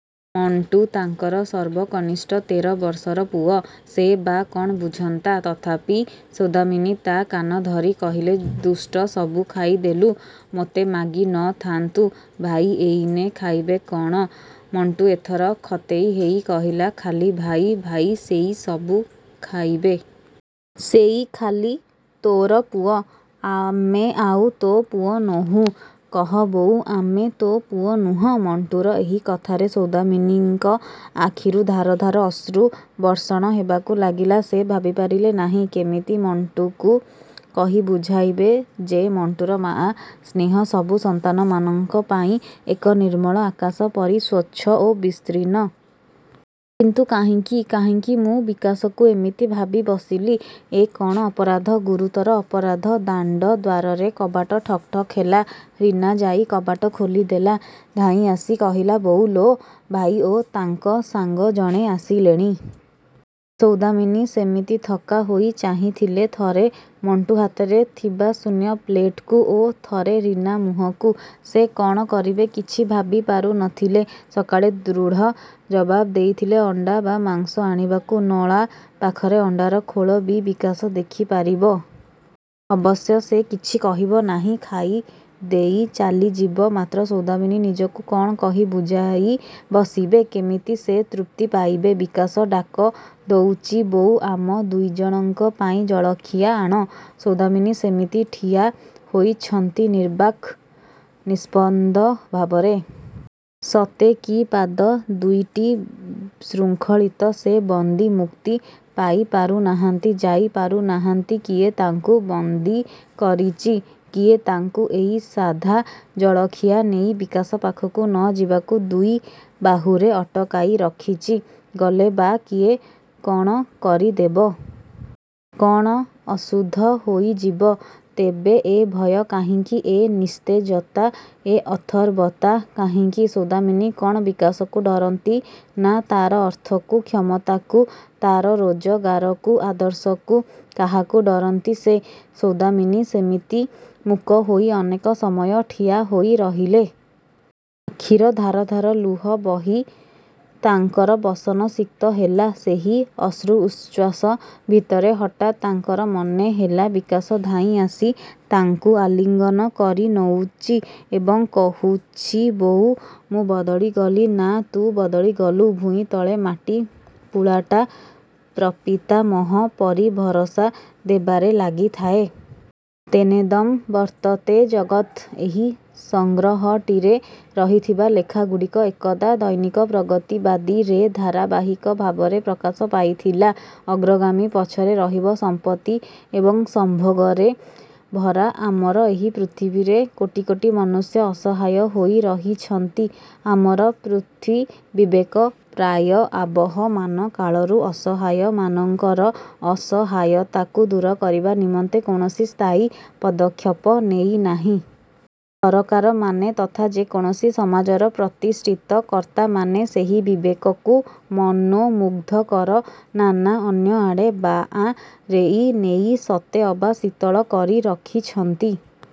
ମଣ୍ଟୁ ତାଙ୍କର ସର୍ବ କନିଷ୍ଠ ତେର ବର୍ଷର ପୁଅ। ସେ ବା କଣ ବୁଝନ୍ତା। ତଥାପି ସୌଦାମିନୀ ତା କାନଧରି କହିଲେ ଦୁଷ୍ଟ ସବୁ ଖାଇଦେଲୁ ମୋତେ ମାଗି ନ ଥାନ୍ତୁ? ଭାଇ ଏଇନେ ଖାଇବେ କଣ? ମଣ୍ଟୁ ଏଥର ଖତେଇ ହେଇ କହିଲା ଖାଲି ଭାଇ ଭାଇ ସେଇ ସବୁ ଖାଇବେ। ସେଇ ଖାଲି ତୋର ପୁଅ। ଆମେ ଆଉ ତୋ ପୁଅ ନୋହୁଁ? କହ ବୋଉ ଆମେ ତୋ ପୁଅ ନୁହଁ? ମଣ୍ଟୁର ଏହି କଥାରେ ସୌଦାମିନୀଙ୍କ ଆଖିରୁ ଧାର ଧାର ଅଶ୍ରୁ ବର୍ଷଣ ହେବାକୁ ଲାଗିଲା ସେ ଭାବିପାରିଲେ ନାହିଁ କେମିତି ମଣ୍ଟୁକୁ କହି ବୁଝାଇବେ ଯେ ମଣ୍ଟୁର ମାଆର ସ୍ନେହ ସବୁ ସନ୍ତାନମାନଙ୍କ ପାଇଁ ଏକ ନିର୍ମଳ ଆକାଶ ପରି ସ୍ୱଚ୍ଛ ଓ ବିସ୍ତୀର୍ଣ୍ଣ। କିନ୍ତୁ କାହିଁକି? କାହିଁକି ମୁଁ ବିକାଶକୁ ଏମିତି ଭାବି ବସିଲି। ଏ କଣ ଅପରାଧ ଗୁରୁତର ଅପରାଧ ଦାଣ୍ଡ ଦ୍ୱାରରେ କବାଟ ଠକ୍ ଠକ୍ ହେଲା। ରୀନା ଯାଇ କବାଟ ଖୋଲିଦେଲା। ଧାଇଁଆସି କହିଲା ବୋଉ ଲୋ ଭାଇ ଓ ତାଙ୍କ ସାଙ୍ଗ ଜଣେ ଆସିଲେଣି। ସୌଦାମିନୀ ସେମିତି ଥକ୍କା ହୋଇ ଚାହିଁଥିଲେ ଥରେ ମଣ୍ଟୁ ହାତରେ ଥିବା ଶୂନ୍ୟ ପ୍ଲେଟକୁ ଓ ଥରେ ରୀନା ମୁହଁକୁ। ସେ କଣ କରିବେ କିଛି ଭାବିପାରୁ ନ ଥିଲେ। ସକାଳେ ଦୃଢ଼ ଜବାବ ଦେଇଥିଲେ ଅଣ୍ଡା ବା ମାଂସ ଆଣିବାକୁ। ନଳା ପାଖରେ ଅଣ୍ଡାର ଖୋଳ ବି ବିକାଶ ଦେଖିପାରିବ। ଅବଶ୍ୟ ସେ କିଛି କହିବ ନାହିଁ ଖାଇଦେଇ ଚାଲିଯିବ ମାତ୍ର ସୌଦାମିନୀ ନିଜକୁ କଣ କହି ବୁଝାଇ ବସିବେ? କେମିତି ସେ ତୃପ୍ତି ପାଇବେ ବିକାଶ ଡାକ ଦଉଚି ବୋଉ ଆମ ଦୁଇ ଜଣଙ୍କ ପାଇଁ ଜଳଖିଆ ଆଣ। ସୌଦାମିନୀ ସେମିତି ଠିଆ ହୋଇଛନ୍ତି ନିର୍ବାକ୍ ନିସ୍ପନ୍ଦ ଭାବରେ। ସତେ କି ପାଦ ଦୁଇଟି ଶୃଙ୍ଖଳିତ। ସେ ବନ୍ଦୀ। ମୁକ୍ତି ପାଇପାରୁ ନାହାନ୍ତି ଯାଇପାରୁନାହାନ୍ତି କିଏ ତାଙ୍କୁ ବନ୍ଦୀ କରିଚି? କିଏ ତାଙ୍କୁ ଏଇ ସାଧା ଜଳଖିଆ ନେଇ ବିକାଶ ପାଖକୁ ନ ଯିବାକୁ ଦୁଇ ବାହୁରେ ଅଟକାଇ ରଖିଚି? ଗଲେ ବା କିଏ କଣ କରିଦେବ? କଣ ଅଶୁଦ୍ଧ ହୋଇଯିବ? ତେବେ ଏ ଭୟ କାହିଁକି? ଏ ନିସ୍ତେଜତା ଏ ଅଥର୍ବତା କାହିଁକି? ସୌଦାମିନୀ କଣ ବିକାଶକୁ ଡରନ୍ତି ନା ତାର ଅର୍ଥକୁ କ୍ଷମତାକୁ ତାର ରୋଜଗାରକୁ ଆଦର୍ଶକୁ କାହାକୁ ଡରନ୍ତି ସେ ସୌଦାମିନୀ ସେମିତି ମୂକ ହୋଇ ଅନେକ ସମୟ ଠିଆ ହୋଇ ରହିଲେ। ଆଖିର ଧାର ଧାର ଲୁହ ବୋହି ତାଙ୍କର ବସନ ସିକ୍ତ ହେଲା। ସେହି ଅଶ୍ରୁ ଉଚ୍ଛ୍ୱାସ ଭିତରେ ହଠାତ୍ ତାଙ୍କର ମନେହେଲା ବିକାଶ ଧାଇଁଆସି ତାଙ୍କୁ ଆଲିଙ୍ଗନ କରିନଉଚି ଏବଂ କହୁଛି ବୋଉ ମୁଁ ବଦଳିଗଲି ନା ତୁ ବଦଳି ଗଲୁ? ଭୂଇଁତଳେ ମାଟି ପୁଳାଟା ପ୍ରପିତାମହ ପରି ଭରସା ଦେବାରେ ଲାଗିଥାଏ। ତେନେଦଂ ବର୍ତ୍ତତେ ଜଗତ୍। ଏହି ସଂଗ୍ରହଟିରେ ରହିଥିବା ଲେଖାଗୁଡ଼ିକ ଏକଦା ଦୈନିକ ପ୍ରଗତିବାଦୀ ରେ ଧାରାବାହିକ ଭାବରେ ପ୍ରକାଶ ପାଇଥିଲା। ଅଗ୍ରଗାମୀ ପଛରେ ରହିବ ସମ୍ପତ୍ତି ଏବଂ ସମ୍ଭୋଗରେ ଭରା ଆମର ଏହି ପୃଥିବୀରେ କୋଟି କୋଟି ମନୁଷ୍ୟ ଅସହାୟ ହୋଇ ରହିଛନ୍ତି। ଆମର ପୃଥ୍ୱୀବିବେକ ପ୍ରାୟ ଆବହମାନ କାଳରୁ ଅସହାୟମାନଙ୍କର ଅସହାୟତାକୁ ଦୂର କରିବା ନିମନ୍ତେ କୌଣସି ସ୍ଥାୟୀ ପଦକ୍ଷେପ ନେଇନାହିଁ। ସରକାରମାନେ ତଥା ଯେକୌଣସି ସମାଜର ପ୍ରତିଷ୍ଠିତ କର୍ତ୍ତାମାନେ ସେହି ବିବେକକୁ ମନୋମୁଗ୍ଧକର ନାନା ଅନ୍ୟଆଡ଼େ ବାଆଁରେଇ ନେଇ ସତେ ଅବା ଶୀତଳ କରି ରଖିଛନ୍ତି।